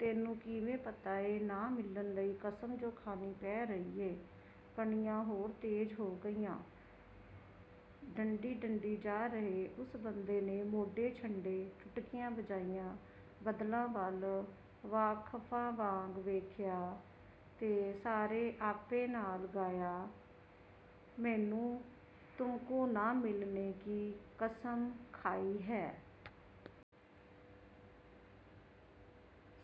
''ਤੈਨੂੰ ਕਿਵੇਂ ਪਤਾ ਏ"? ''ਨਾ ਮਿਲਣ ਲਈ ਕਸਮ ਜੋ ਖਾਣੀ ਪੈ ਰਹੀ ਏ"। ਕਣੀਆਂ ਹੋਰ ਤੇਜ਼ ਹੋ ਗਈਆਂ। ਡੰਡੀ-ਡੰਡੀ ਜਾ ਰਹੇ ਉਸ ਬੰਦੇ ਨੇ ਮੋਢੇ ਛੱਡੇ ਚੁਟਕੀਆਂ ਵਜਾਈਆਂ, ਬੱਦਲਾਂ ਵੱਲ ਵਾਕਫਾਂ ਵਾਂਗ ਦੇਖਿਆ ਤੇ ਸਾਰੇ ਆਪੇ ਨਾਲ ਗਾਇਆ, ''ਮੈਨੂੰ ਤੁਮਕੋ ਨਾ ਮਿਲਨੇ ਕੀ ਕਸਮ ਖਾਈ ਹੈ"।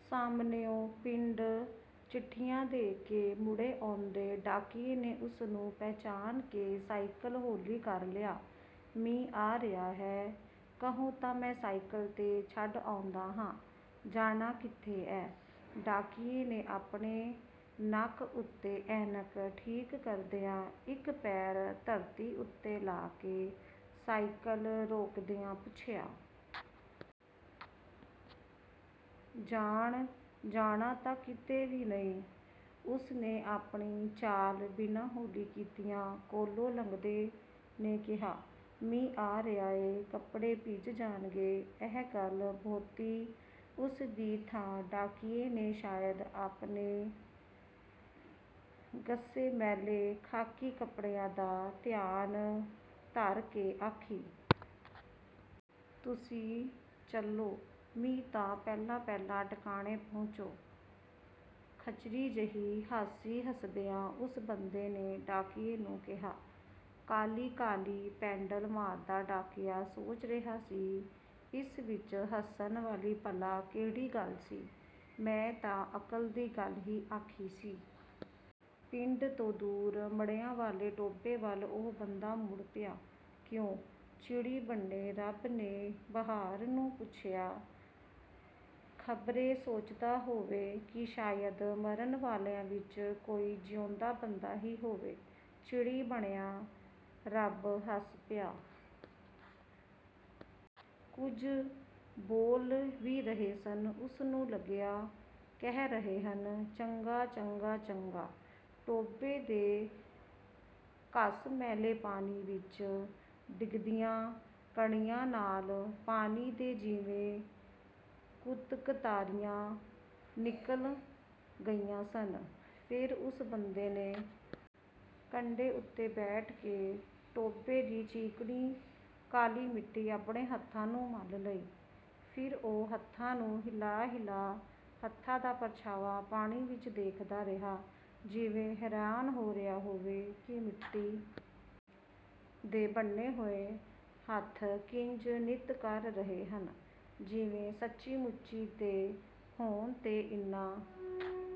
ਸਾਹਮਣਿਓਂ, ਪਿੰਡ ਚਿੱਠੀਆਂ ਦੇ ਕੇ ਮੁੜੇ ਆਉਂਦੇ ਡਾਕੀਏ ਨੇ ਉਸ ਨੂੰ ਪਹਿਚਾਣ ਕੇ ਸਾਈਕਲ ਹੌਲੀ ਕਰ ਲਿਆ। ''ਮੀਂਹ ਆ ਰਿਹਾ ਹੈ, ਕਹੇਂ ਤਾਂ ਮੈਂ ਸਾਈਕਲ 'ਤੇ ਛੱਡ ਆਉਂਦਾ ਹਾਂ, ਜਾਣਾ ਕਿੱਥੇ ਐ"? ਡਾਕੀਏ ਨੇ ਆਪਣੇ ਨੱਕ ਉਤੇ ਐਨਕ ਠੀਕ ਕਰਦਿਆਂ, ਇੱਕ ਪੈਰ ਧਰਤੀ ਉਤੇ ਲਾ ਕੇ ਸਾਈਕਲ ਰੋਕਦਿਆਂ ਪੁੱਛਿਆ। ''ਜਾਣ, ਜਾਣਾ ਤਾਂ ਕਿਤੇ ਵੀ ਨਹੀਂ'' ਉਸ ਨੇ ਆਪਣੀ ਚਾਲ ਬਿਨਾਂ ਹੌਲੀ ਕੀਤਿਆਂ ਕੋਲੋਂ ਲੰਘਦੇ ਨੇ ਕਿਹਾ। ''ਮੀਂਹ ਆ ਰਿਹਾ ਏ ਕੱਪੜੇ ਭਿੱਜ ਜਾਣਗੇ'' ਇਹ ਗੱਲ ਬਹੁਤੀ ਉਸ ਦੀ ਥਾਂ ਡਾਕੀਏ ਨੇ ਸ਼ਾਇਦ ਆਪਣੇ ਘਸੇ ਮੈਲੇ ਖਾਕੀ ਕੱਪੜਿਆਂ ਦਾ ਧਿਆਨ ਧਰ ਕੇ ਆਖੀ। ''ਤੁਸੀਂ ਚੱਲੋ ਮੀਂਹ ਤਾ ਪਹਿਲਾਂ-ਪਹਿਲਾਂ ਟਿਕਾਣੇ ਪਹੁੰਚੋ" ਖਚਰੀ ਜਿਹੀ ਹਾਸੀ ਹੱਸਦਿਆਂ ਉਸ ਬੰਦੇ ਨੇ ਡਾਕੀਏ ਨੂੰ ਕਿਹਾ। ਕਾਹਲੀ-ਕਾਹਲੀ ਪੈਡਲ ਮਾਰਦਾ ਡਾਕੀਆ ਸੋਚ ਰਿਹਾ ਸੀ ''ਇਸ ਵਿੱਚ ਹੱਸਣ ਵਾਲੀ ਭਲਾ ਕਿਹੜੀ ਗੱਲ ਸੀ, ਮੈਂ ਤਾਂ ਅਕਲ ਦੀ ਗੱਲ ਹੀ ਆਖੀ ਸੀ"। ਪਿੰਡ ਤੋਂ ਦੂਰ ਮੜ੍ਹੀਆਂ ਵਾਲੇ ਟੋਭੇ ਵੱਲ ਉਹ ਬੰਦਾ ਮੁੜ ਪਿਆ। ''ਕਿਉਂ"? ਚਿੜੀ ਬਣੇ ਰੱਬ ਨੇ ਬਹਾਰ ਨੂੰ ਪੁੱਛਿਆ। ਖਬਰੇ ਸੋਚਦਾ ਹੋਵੇ ਕਿ ਸ਼ਾਇਦ ਮਰਨ ਵਾਲਿਆਂ ਵਿੱਚ ਕੋਈ ਜਿਊਂਦਾ ਬੰਦਾ ਹੀ ਹੋਵੇ'। ਚਿੜੀ ਬਣਿਆ ਰੱਬ ਹੱਸ ਪਿਆ। ਕੁਝ ਬੋਲ ਵੀ ਰਹੇ ਸਨ ਉਸ ਨੂੰ ਲੱਗਿਆ ਕਹਿ ਰਹੇ ਹਨ, 'ਚੰਗਾ' 'ਚੰਗਾ' 'ਚੰਗਾ'। ਟੋਭੇ ਦੇ ਘਸਮੈਲੇ ਪਾਣੀ ਵਿੱਚ ਡਿੱਗਦੀਆਂ ਕਣੀਆਂ ਨਾਲ ਪਾਣੀ ਦੇ ਜਿਵੇਂ ਕੁਤਕਤਾੜੀਆਂ ਨਿਕਲ ਗਈਆਂ ਸਨ ਫਿਰ ਉਸ ਬੰਦੇ ਨੇ ਕੰਢੇ ਉਤੇ ਬੈਠ ਕੇ ਟੋਭੇ ਦੀ ਚੀਕਣੀ ਕਾਲੀ ਮਿੱਟੀ ਆਪਣੇ ਹੱਥਾਂ ਨੂੰ ਮਲ ਲਈ ਫਿਰ ਉਹ ਹੱਥਾਂ ਨੂੰ ਹਿਲਾ-ਹਿਲਾ ਹੱਥਾਂ ਦਾ ਪਰਛਾਵਾਂ ਪਾਣੀ ਵਿੱਚ ਦੇਖਦਾ ਰਿਹਾ ਜਿਵੇਂ ਹੈਰਾਨ ਹੋ ਰਿਹਾ ਹੋਵੇ ਕਿ ਮਿੱਟੀ ਦੇ ਬਣੇ ਹੋਏ ਹੱਥ ਕਿੰਜ ਨ੍ਰਿਤ ਕਰ ਰਹੇ ਹਨ, ਜਿਵੇਂ ਸੱਚੀ-ਮੁੱਚੀਂ ਦੇ ਹੋਣ ਤੇ ਇਨ੍ਹਾਂ